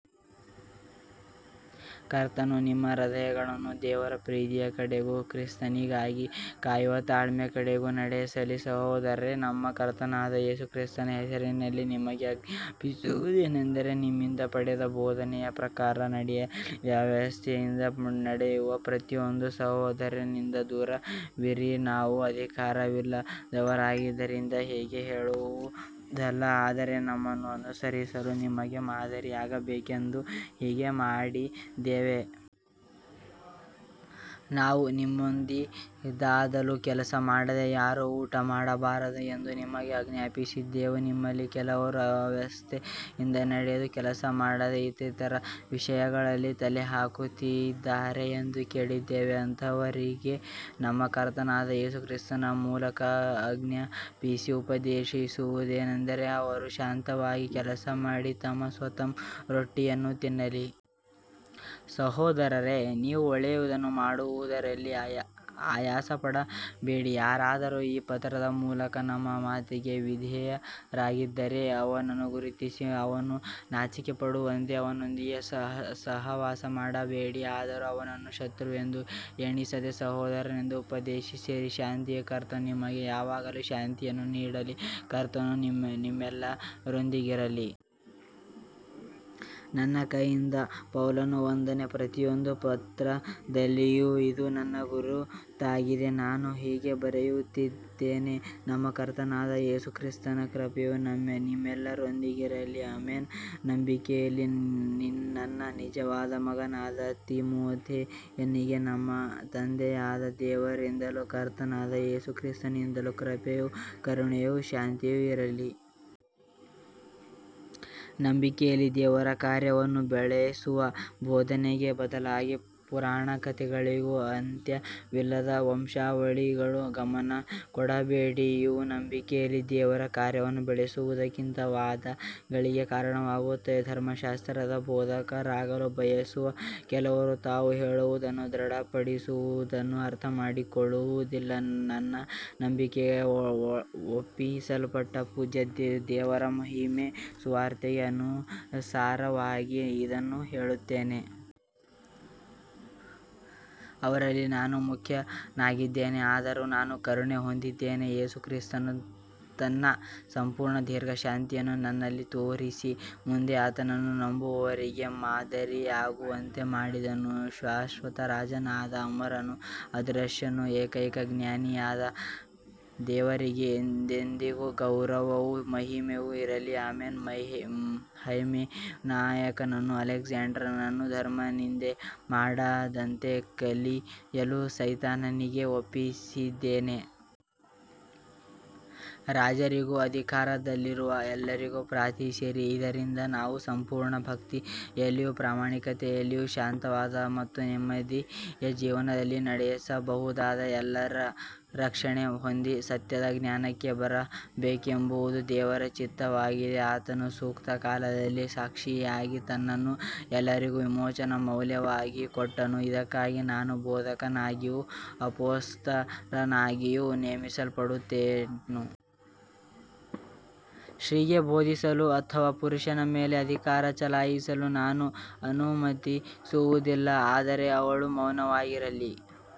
ಕರ್ತನು ನಿಮ್ಮ ಹೃದಯಗಳನ್ನು ದೇವರ ಪ್ರೀತಿಯ ಕಡೆಗೂ ಕ್ರಿಸ್ತನಿಗಾಗಿ ಕಾಯುವ ತಾಳ್ಮೆಯ ಕಡೆಗೂ ನಡೆಸಲಿ. ಸಹೋದರರೇ, ನಮ್ಮ ಕರ್ತನಾದ ಯೇಸು ಕ್ರಿಸ್ತನ ಹೆಸರಿನಲ್ಲಿ ನಿಮಗೆ ಆಜ್ಞಾಪಿಸುವುದೇನೆಂದರೆ, ನಮ್ಮಿಂದ ಪಡೆದ ಬೋಧನೆಯ ಪ್ರಕಾರ ನಡೆಯದೆ ಅವ್ಯವಸ್ಥೆಯಿಂದ ನಡೆಯುವ ಪ್ರತಿಯೊಬ್ಬ ಸಹೋದರನಿಂದ ದೂರವಿರಿ. ನಾವು ಅಧಿಕಾರವಿಲ್ಲದವರಾಗಿದ್ದರಿಂದ ಹೀಗೆ ಹೇಳುವುದಲ್ಲ, ಆದರೆ ನಮ್ಮನ್ನು ಅನುಸರಿಸಲು ನಿಮಗೆ ಮಾದರಿಯಾಗಬೇಕೆಂದು ಹೀಗೆ ಮಾಡಿದ್ದೇವೆ. ನಾವು ನಿಮ್ಮೊಂದಿಗಿದ್ದಾಗಲೂ, ಕೆಲಸಮಾಡದೆ ಯಾರೂ ಊಟ ಮಾಡಬಾರದು ಎಂದು ನಿಮಗೆ ಆಜ್ಞಾಪಿಸಿದ್ದೆವು. ನಿಮ್ಮಲ್ಲಿ ಕೆಲವರು ಅವ್ಯವಸ್ಥೆಯಿಂದ ನಡೆದು ಕೆಲಸಮಾಡದೆ ಇತರರ ವಿಷಯಗಳಲ್ಲಿ ತಲೆಹಾಕುತ್ತಿದ್ದಾರೆ ಎಂದು ಕೇಳಿದ್ದೇವೆ. ಅಂತಹವರಿಗೆ ನಮ್ಮ ಕರ್ತನಾದ ಯೇಸು ಕ್ರಿಸ್ತನ ಮೂಲಕ ಆಜ್ಞಾಪಿಸಿ ಉಪದೇಶಿಸುವುದೇನೆಂದರೆ, ಅವರು ಶಾಂತವಾಗಿ ಕೆಲಸಮಾಡಿ ತಮ್ಮ ಸ್ವಂತ ರೊಟ್ಟಿಯನ್ನು ತಿನ್ನಲಿ. ಸಹೋದರರೇ, ನೀವು ಒಳ್ಳೆಯದನ್ನು ಮಾಡುವುದರಲ್ಲಿ ಆಯಾಸಪಡಬೇಡಿ. ಯಾರಾದರೂ ಈ ಪತ್ರದ ಮೂಲಕ ನಮ್ಮ ಮಾತಿಗೆ ವಿಧೇಯರಾಗದಿದ್ದರೆ, ಅವನನ್ನು ಗುರುತಿಸಿ, ಅವನು ನಾಚಿಕೆಪಡುವಂತೆ ಅವನೊಂದಿಗೆ ಸಹವಾಸ ಮಾಡಬೇಡಿ. ಆದರೂ ಅವನನ್ನು ಶತ್ರುವೆಂದು ಎಣಿಸದೆ ಸಹೋದರನೆಂದು ಉಪದೇಶಿಸಿರಿ. ಶಾಂತಿಯ ಕರ್ತನು ನಿಮಗೆ ಯಾವಾಗಲೂ ಶಾಂತಿಯನ್ನು ನೀಡಲಿ. ಕರ್ತನು ನಿಮ್ಮೆಲ್ಲರೊಂದಿಗಿರಲಿ. ನನ್ನ ಕೈಯಿಂದ ಪೌಲನ ವಂದನೆ. ಪ್ರತಿಯೊಂದು ಪತ್ರದಲ್ಲಿಯೂ ಇದು ನನ್ನ ಗುರುತಾಗಿದೆ. ನಾನು ಹೀಗೆ ಬರೆಯುತ್ತೇನೆ. ನಮ್ಮ ಕರ್ತನಾದ ಯೇಸು ಕ್ರಿಸ್ತನ ಕೃಪೆಯು ನಿಮ್ಮೆಲ್ಲರೊಂದಿಗಿರಲಿ. ಆಮೆನ್. ನಂಬಿಕೆಯಲ್ಲಿ ನನ್ನ ನಿಜವಾದ ಮಗನಾದ ತಿಮೊಥೆಯನಿಗೆ, ನಮ್ಮ ತಂದೆಯಾದ ದೇವರಿಂದಲೂ ಕರ್ತನಾದ ಯೇಸು ಕ್ರಿಸ್ತನಿಂದಲೂ ಕೃಪೆಯೂ ಕರುಣೆಯೂ ಶಾಂತಿಯೂ ಇರಲಿ. ನಂಬಿಕೆಯಲ್ಲಿ ದೇವರ ಕಾರ್ಯವನ್ನು ಬೆಳೆಸುವ ಬೋಧನೆಗೆ ಬದಲಾಗಿ ಪುರಾಣಕಥೆಗಳಿಗೂ ಅಂತ್ಯವಿಲ್ಲದ ವಂಶಾವಳಿಗಳಿಗೂ ಗಮನಕೊಡಬೇಡಿ. ಇವು ನಂಬಿಕೆಯಲ್ಲಿ ದೇವರ ಕಾರ್ಯವನ್ನು ಬೆಳೆಸುವುದಕ್ಕಿಂತ ವಾದಗಳಿಗೆ ಕಾರಣವಾಗುತ್ತವೆ. ಧರ್ಮಶಾಸ್ತ್ರದ ಬೋಧಕರಾಗಲು ಬಯಸುವ ಕೆಲವರು ತಾವು ಹೇಳುವುದನ್ನೂ ದೃಢಪಡಿಸುವುದನ್ನೂ ಅರ್ಥಮಾಡಿಕೊಳ್ಳುವುದಿಲ್ಲ. ನನ್ನ ನಂಬಿಕೆಗೆ ಒಪ್ಪಿಸಲ್ಪಟ್ಟ ಪೂಜ್ಯ ದೇವರ ಮಹಿಮೆಯ ಸುವಾರ್ತೆಗೆ ಅನುಸಾರವಾಗಿ ಇದನ್ನು ಹೇಳುತ್ತೇನೆ. ಅವರಲ್ಲಿ ನಾನು ಮುಖ್ಯನಾಗಿದ್ದೇನೆ. ಆದರೂ ನಾನು ಕರುಣೆ ಹೊಂದಿದೆನು, ಯೇಸು ಕ್ರಿಸ್ತನು ತನ್ನ ಸಂಪೂರ್ಣ ದೀರ್ಘಶಾಂತಿಯನ್ನು ನನ್ನಲ್ಲಿ ತೋರಿಸಿ, ಮುಂದೆ ಆತನನ್ನು ನಂಬುವವರಿಗೆ ಮಾದರಿಯಾಗುವಂತೆ ಮಾಡಿದನು. ಶಾಶ್ವತ ರಾಜನಾದ ಅಮರನೂ ಅದೃಶ್ಯನೂ ಏಕೈಕ ಜ್ಞಾನಿಯಾದ ದೇವರಿಗೆ ಎಂದೆಂದಿಗೂ ಗೌರವವೂ ಮಹಿಮೆಯೂ ಇರಲಿ. ಆಮೆನ್. ಹೈಮೆನಾಯನನ್ನೂ ಅಲೆಕ್ಸಾಂಡರನನ್ನೂ ಧರ್ಮನಿಂದೆ ಮಾಡದಂತೆ ಕಲಿಯಲು ಸೈತಾನನಿಗೆ ಒಪ್ಪಿಸಿದ್ದೇನೆ. ರಾಜರಿಗೂ ಅಧಿಕಾರದಲ್ಲಿರುವ ಎಲ್ಲರಿಗೂ ಪ್ರಾರ್ಥಿಸಿರಿ, ಇದರಿಂದ ನಾವು ಸಂಪೂರ್ಣ ಭಕ್ತಿಯಲ್ಲಿಯೂ ಪ್ರಾಮಾಣಿಕತೆಯಲ್ಲಿಯೂ ಶಾಂತವಾದ ಮತ್ತು ನೆಮ್ಮದಿಯ ಜೀವನವನ್ನು ನಡೆಸಬಹುದು. ಎಲ್ಲರೂ ರಕ್ಷಣೆ ಹೊಂದಿ ಸತ್ಯದ ಜ್ಞಾನಕ್ಕೆ ಬರಬೇಕೆಂಬುದು ದೇವರ ಚಿತ್ತವಾಗಿದೆ. ಆತನು ಸೂಕ್ತ ಕಾಲದಲ್ಲಿ ಸಾಕ್ಷಿಯಾಗಿ ತನ್ನನ್ನು ಎಲ್ಲರಿಗಾಗಿ ವಿಮೋಚನಾ ಮೌಲ್ಯವಾಗಿ ಕೊಟ್ಟನು. ಇದಕ್ಕಾಗಿ ನಾನು ಬೋಧಕನಾಗಿಯೂ ಅಪೊಸ್ತಲನಾಗಿಯೂ ನೇಮಿಸಲ್ಪಟ್ಟೆನು. ಸ್ತ್ರೀಗೆ ಬೋಧಿಸಲು ಅಥವಾ ಪುರುಷನ ಮೇಲೆ ಅಧಿಕಾರ ಚಲಾಯಿಸಲು ನಾನು ಅನುಮತಿಸುವುದಿಲ್ಲ, ಆದರೆ ಅವಳು ಮೌನವಾಗಿರಲಿ.